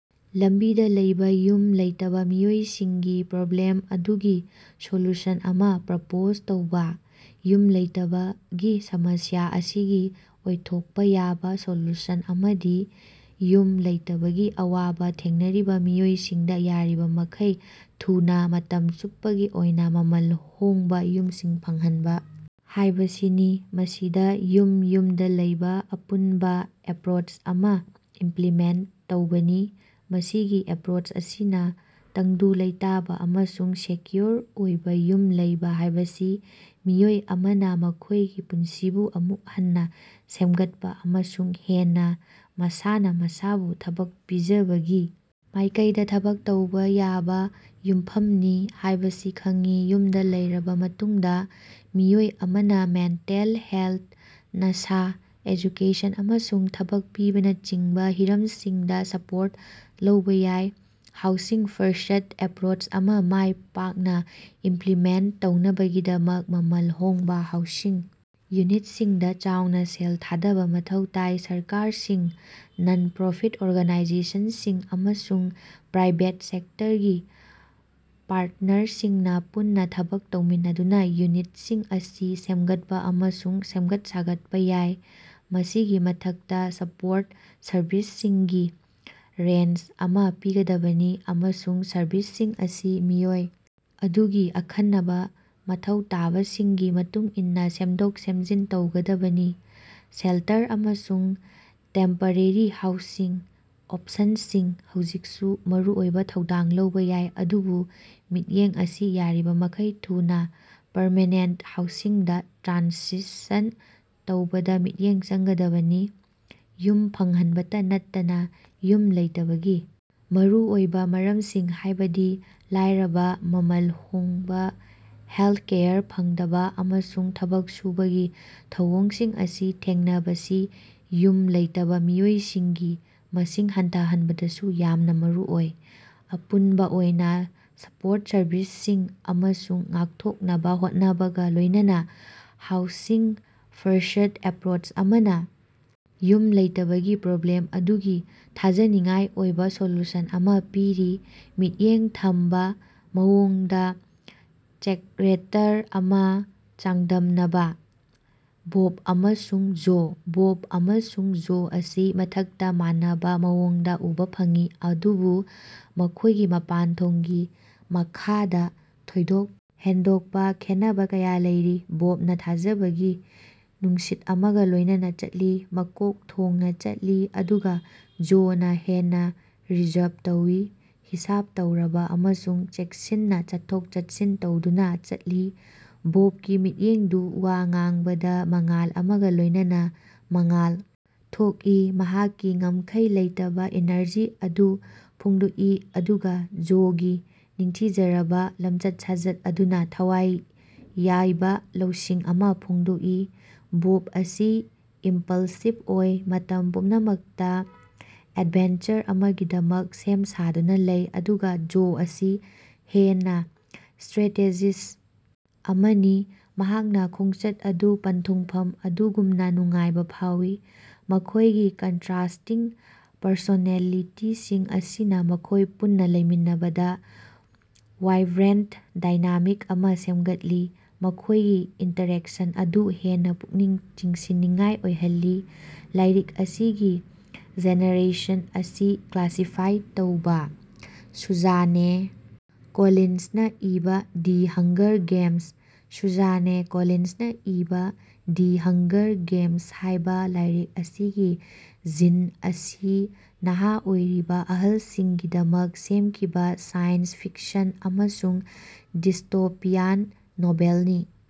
ꯂꯝꯕꯤꯗ ꯂꯩꯕ ꯌꯨꯝ ꯂꯩꯇꯕꯥ ꯃꯤꯑꯣꯏꯁꯤꯡꯒꯤ ꯄ꯭ꯔꯣꯕ꯭ꯂꯦꯝ ꯑꯗꯨꯒꯤ ꯁꯣꯂꯨꯁꯟ ꯑꯃ ꯄ꯭ꯔꯄꯣꯖ ꯇꯧꯕ꯫ ꯌꯨꯝ ꯂꯩꯇꯕꯒꯤ ꯁꯃꯁ꯭ꯌꯥ ꯑꯁꯤꯒꯤ ꯑꯣꯏꯊꯣꯛꯄ ꯌꯥꯕ ꯁꯣꯂꯨꯁꯟ ꯑꯃꯗꯤ ꯌꯨꯝ ꯂꯩꯇꯕꯒꯤ ꯑꯋꯥꯕ ꯊꯦꯡꯅꯔꯤꯕ ꯃꯤꯑꯣꯏꯁꯤꯡꯗ ꯌꯥꯔꯤꯕꯃꯈꯩ ꯊꯨꯅ ꯃꯇꯝ ꯆꯨꯞꯄꯒꯤ ꯑꯣꯏꯅ, ꯃꯃꯜ ꯍꯣꯡꯕ ꯌꯨꯝꯁꯤꯡ ꯐꯪꯍꯟꯕ ꯍꯥꯏꯕꯁꯤꯅꯤ, ꯃꯁꯤꯗ ꯌꯨꯝ-ꯌꯨꯝꯗ ꯂꯩꯕ ꯑꯄꯨꯟꯕ ꯑꯦꯄ꯭ꯔꯣꯆ ꯑꯃ ꯏꯝꯄ꯭ꯂꯤꯃꯦꯟꯇ ꯇꯧꯕꯅꯤ꯫ ꯃꯁꯤꯒꯤ ꯑꯦꯄ꯭ꯔꯣꯆ ꯑꯁꯤꯅ ꯇꯪꯗꯨ ꯂꯩꯇꯥꯕ ꯑꯃꯁꯨꯡ ꯁꯦꯀ꯭ꯌꯨꯔ ꯑꯣꯏꯕ ꯌꯨꯝ ꯂꯩꯕ ꯍꯥꯏꯕꯁꯤ ꯃꯤꯑꯣꯏ ꯑꯃꯅ ꯃꯈꯣꯏꯒꯤ ꯄꯨꯟꯁꯤꯕꯨ ꯑꯃꯨꯛ ꯍꯟꯅ ꯁꯦꯝꯒꯠꯄ ꯑꯃꯁꯨꯡ ꯍꯦꯟꯅ ꯃꯁꯥꯅ ꯃꯁꯥꯕꯨ ꯊꯕꯛ ꯄꯤꯖꯕꯒꯤ ꯃꯥꯏꯀꯩꯗ ꯊꯕꯛ ꯇꯧꯕ ꯌꯥꯕ ꯌꯨꯝꯐꯝꯅꯤ ꯍꯥꯏꯕꯁꯤ ꯈꯪꯏ꯫ ꯌꯨꯝꯗ ꯂꯩꯔꯕꯥ ꯃꯇꯨꯡꯗ, ꯃꯤꯑꯣꯏ ꯑꯃꯅ ꯃꯦꯟꯇꯦꯜ ꯍꯦꯜꯊ, ꯅꯁꯥ, ꯑꯦꯖꯨꯀꯦꯁꯟ, ꯑꯃꯁꯨꯡ ꯊꯕꯛ ꯄꯤꯕꯅꯆꯤꯡꯕ ꯍꯤꯔꯝꯁꯤꯡꯗ ꯁꯄꯣꯔꯠ ꯂꯧꯕ ꯌꯥꯏ꯫ ꯍꯥꯎꯁꯤꯡ-ꯐꯔꯁ꯭ꯠ ꯑꯦꯄ꯭ꯔꯣꯆ ꯑꯃ ꯃꯥꯏ ꯄꯥꯛꯅ ꯏꯝꯄ꯭ꯂꯤꯃꯦꯟꯇ ꯇꯧꯅꯕꯒꯤꯗꯃꯛ, ꯃꯃꯜ ꯍꯣꯡꯕ ꯍꯥꯎꯁꯤꯡ ꯌꯨꯅꯤꯠꯁꯤꯡꯗ ꯆꯥꯎꯅ ꯁꯦꯜ ꯊꯥꯗꯕ ꯃꯊꯧ ꯇꯥꯏ꯫ ꯁꯔꯀꯥꯔꯁꯤꯡ, ꯅꯟ-ꯄ꯭ꯔꯣꯐꯤꯠ ꯑꯣꯔꯒꯅꯥꯏꯖꯦꯁꯟꯁꯤꯡ, ꯑꯃꯁꯨꯡ ꯄ꯭ꯔꯥꯏꯕꯦꯠ ꯁꯦꯛꯇꯔꯒꯤ ꯄꯥꯔꯇꯅꯔꯁꯤꯡꯅ ꯄꯨꯟꯅ ꯊꯕꯛ ꯇꯧꯃꯤꯟꯅꯗꯨꯅ ꯌꯨꯅꯤꯠꯁꯤꯡ ꯑꯁꯤ ꯁꯦꯝꯒꯠꯄ ꯑꯃꯁꯨꯡ ꯁꯦꯝꯒꯠ-ꯁꯥꯒꯠꯄ ꯌꯥꯏ꯫ ꯃꯁꯤꯒꯤ ꯃꯊꯛꯇ, ꯁꯄꯣꯔꯠ ꯁꯔꯚꯤꯁꯁꯤꯡꯒꯤ ꯔꯦꯟꯖ ꯑꯃ ꯄꯤꯒꯗꯕꯅꯤ, ꯑꯃꯁꯨꯡ ꯁꯔꯚꯤꯁꯁꯤꯡ ꯑꯁꯤ ꯃꯤꯑꯣꯏ ꯑꯗꯨꯒꯤ ꯑꯈꯟꯅꯕ ꯃꯊꯧ ꯇꯥꯕꯁꯤꯡꯒꯤ ꯃꯇꯨꯡꯏꯟꯅ ꯁꯦꯝꯗꯣꯛ-ꯁꯦꯝꯖꯤꯟ ꯇꯧꯒꯗꯕꯅꯤ꯫ ꯁꯦꯜꯇꯔ ꯑꯃꯁꯨꯡ ꯇꯦꯝꯄꯔꯦꯔꯤ ꯍꯥꯎꯁꯤꯡ ꯑꯣꯞꯁꯟꯁꯤꯡꯅ ꯍꯧꯖꯤꯛꯁꯨ ꯃꯔꯨꯑꯣꯏꯕ‌ ꯊꯧꯗꯥꯡ ꯂꯧꯕ‌ ꯌꯥꯏ, ꯑꯗꯨꯕꯨ ꯃꯤꯠꯌꯦꯡ ꯑꯁꯤ ꯌꯥꯔꯤꯕꯃꯈꯩ ꯊꯨꯅ ꯄꯔꯃꯦꯅꯦꯟꯇ ꯍꯥꯎꯁꯤꯡꯗ ꯇ꯭ꯔꯥꯟꯁꯤꯁꯟ ꯇꯧꯕꯗ ꯃꯤꯠꯌꯦꯡ ꯆꯪꯒꯗꯕꯅꯤ꯫ ꯌꯨꯝ ꯐꯪꯍꯟꯕꯇ ꯅꯠꯇꯅꯥ ꯌꯨꯝ ꯂꯩꯇꯕꯒꯤ ꯃꯔꯨ ꯑꯣꯏꯕ ꯃꯔꯝꯁꯤꯡ ꯍꯥꯏꯕꯗꯤ ꯂꯥꯏꯔꯕ, ꯃꯃꯜ ꯍꯣꯡꯕꯥꯍꯦꯜꯊꯀꯦꯌꯔ ꯐꯪꯗꯕ, ꯑꯃꯁꯨꯡ ꯊꯕꯛ ꯁꯨꯕꯒꯤ ꯊꯧꯑꯣꯡꯁꯤꯡ ꯑꯁꯤ ꯊꯦꯡꯅꯕꯁꯤ ꯌꯨꯝ ꯂꯩꯇꯕ ꯃꯤꯑꯣꯏꯁꯤꯡꯒꯤ ꯃꯁꯤꯡ ꯍꯟꯊꯍꯟꯕꯗꯁꯨ ꯌꯥꯝꯅ ꯃꯔꯨ ꯑꯣꯏ꯫ ꯑꯄꯨꯟꯕ ꯑꯣꯏꯅ, ꯁꯄꯣꯔꯠ ꯁꯔꯚꯤꯁꯁꯤꯡ ꯑꯃꯁꯨꯡ ꯉꯥꯛꯊꯣꯛꯅꯕꯥ ꯍꯣꯠꯅꯕꯒ ꯂꯣꯏꯅꯅꯥ ꯍꯥꯎꯁꯤꯡ-ꯐꯔꯁ꯭ꯠ ꯑꯦꯄ꯭ꯔꯣꯆ ꯑꯃꯅ ꯌꯨꯝ ꯂꯩꯇꯕꯒꯤ ꯄ꯭ꯔꯣꯕ꯭ꯂꯦꯝ ꯑꯗꯨꯒꯤ ꯊꯥꯖꯅꯤꯡꯉꯥꯏ ꯑꯣꯏꯕ ꯁꯣꯂꯨꯁꯟ ꯑꯃ ꯄꯤꯔꯤ꯫ ꯃꯤꯠꯌꯦꯡ ꯊꯝꯕ ꯃꯑꯣꯡꯗ ꯆꯦꯛꯔꯦꯇꯔ ꯑꯅꯤ ꯆꯥꯡꯗꯝꯅꯕꯥ - ꯕꯣꯕ ꯑꯃꯁꯨꯡ ꯖꯣ꯫ ꯕꯣꯕ ꯑꯃꯁꯨꯡ ꯖꯣ ꯑꯁꯤ ꯃꯊꯛꯇ ꯃꯥꯟꯅꯕꯥ ꯃꯑꯣꯡꯗ ꯎꯕꯥ ꯐꯪꯏ ꯑꯗꯨꯕꯨ ꯃꯈꯣꯏꯒꯤ ꯃꯄꯥꯟꯊꯣꯡꯒꯤ ꯃꯈꯥꯗ, ꯊꯣꯏꯗꯣꯛ ꯍꯦꯟꯗꯣꯛꯄ ꯈꯦꯟꯅꯕꯥ ꯀꯌꯥ ꯂꯩꯔꯤ꯫ ꯕꯣꯕꯅꯥ ꯊꯥꯖꯕꯒꯤ ꯅꯨꯡꯁꯤꯠ ꯑꯃꯒ ꯂꯣꯏꯅꯅꯥ ꯆꯠꯂꯤ, ꯃꯀꯣꯛ ꯊꯣꯡꯅ ꯆꯠꯂꯤ, ꯑꯗꯨꯒ ꯖꯣꯅꯥ ꯍꯦꯟꯅ ꯔꯤꯖꯔꯚ ꯇꯧꯏ, ꯍꯤꯁꯥꯕ ꯇꯧꯔꯕꯥ ꯑꯃꯁꯨꯡ ꯆꯦꯛꯁꯤꯟꯅ ꯆꯠꯊꯣꯛ-ꯆꯠꯁꯤꯟ ꯇꯧꯗꯨꯅ ꯆꯠꯂꯤ꯫ ꯕꯣꯕꯀꯤ ꯃꯤꯠꯌꯦꯡꯗꯨ ꯋꯥ ꯉꯥꯡꯕꯗ ꯃꯉꯥꯜ ꯑꯃꯒ ꯂꯣꯏꯅꯅ ꯃꯉꯥꯜ ꯊꯣꯛꯏ, ꯃꯍꯥꯛꯀꯤ ꯉꯝꯈꯩ ꯂꯩꯇꯕꯥ ꯏꯅꯔꯖꯤ ꯑꯗꯨ ꯐꯣꯡꯗꯣꯛꯏ ꯑꯗꯨꯒ ꯖꯣꯒꯤ ꯅꯤꯡꯊꯤꯖꯔꯕꯥ ꯂꯝꯆꯠ-ꯁꯥꯖꯠ ꯑꯗꯨꯅ ꯊꯋꯥꯏ ꯌꯥꯏꯕ ꯂꯧꯁꯤꯡ ꯑꯃ ꯐꯣꯡꯗꯣꯛꯏ꯫ ꯕꯣꯕ ꯑꯁꯤ ꯏꯝꯄꯜꯁꯤꯕ ꯑꯣꯏ, ꯃꯇꯝ ꯄꯨꯝꯅꯃꯛꯇ ꯑꯦꯗꯚꯦꯟꯆꯔ ꯑꯃꯒꯤꯗꯃꯛ ꯁꯦꯝ ꯁꯥꯗꯨꯅ ꯂꯩ, ꯑꯗꯨꯒ‌ ꯖꯣ ꯑꯁꯤ ꯍꯦꯟꯅ ꯁ꯭ꯇꯔꯦꯇꯦꯖꯤꯁ꯭ꯠ ꯑꯃꯅꯤ ꯃꯍꯥꯛꯅ ꯈꯣꯡꯆꯠ ꯑꯗꯨ ꯄꯟꯊꯨꯡꯐꯝ ꯑꯗꯨꯒꯨꯝꯅ‌ ꯅꯨꯡꯉꯥꯏꯕ ꯐꯥꯎꯏ꯫ ꯃꯈꯣꯏꯒꯤ ꯀꯟꯇꯔꯥꯁ꯭ꯇꯤꯡ ꯄꯔꯁꯣꯅꯦꯂꯤꯇꯤꯁꯤꯡ ꯑꯁꯤꯅ ꯃꯈꯣꯏꯅ ꯄꯨꯟꯅ ꯂꯩꯃꯤꯟꯅꯕꯗ ꯋꯥꯏꯕ꯭ꯔꯦꯟꯇ ꯗꯥꯏꯅꯥꯃꯤꯛ ꯑꯃ ꯁꯦꯝꯒꯠꯂꯤ, ꯃꯈꯣꯏꯒꯤ ꯏꯟꯇꯔꯦꯛꯁꯟ ꯑꯗꯨ ꯍꯦꯟꯅ ꯄꯨꯛꯅꯤꯡ ꯆꯤꯡꯁꯤꯟꯅꯤꯡꯉꯥꯏ ꯑꯣꯏꯍꯜꯂꯤ꯫ ꯂꯥꯏꯔꯤꯛ ꯑꯁꯤꯒꯤ ꯖꯦꯅꯔꯦꯁꯟ ꯑꯁꯤ ꯀ꯭ꯂꯥꯁꯤꯐꯥꯏ ꯇꯧꯕꯥ꯫ ꯁꯨꯖꯥꯅꯦ ꯀꯣꯂꯤꯟꯁꯅꯥ ꯏꯕꯥ ꯗꯤ ꯍꯪꯒꯔ ꯒꯦꯝꯁ꯫ ꯁꯨꯖꯥꯅꯦ ꯀꯣꯂꯤꯟꯁꯅꯥ ꯏꯕꯥ, ꯗꯤ ꯍꯪꯒꯔ ꯒꯦꯝꯁ ꯍꯥꯏꯕ‌ ꯂꯥꯏꯔꯤꯛ ꯑꯁꯤꯒꯤ ꯖꯤꯟ ꯑꯁꯤ ꯅꯍꯥ ꯑꯣꯏꯔꯤꯕ ꯑꯍꯜꯁꯤꯡꯒꯤꯗꯃꯛ ꯁꯦꯝꯈꯤꯕ ꯁꯥꯏꯟꯁ ꯐꯤꯛꯁꯟ ꯑꯃꯁꯨꯡ ꯗꯤꯁꯇꯣꯄꯤꯌꯥꯟ ꯅꯣꯚꯦꯜꯅꯤ꯫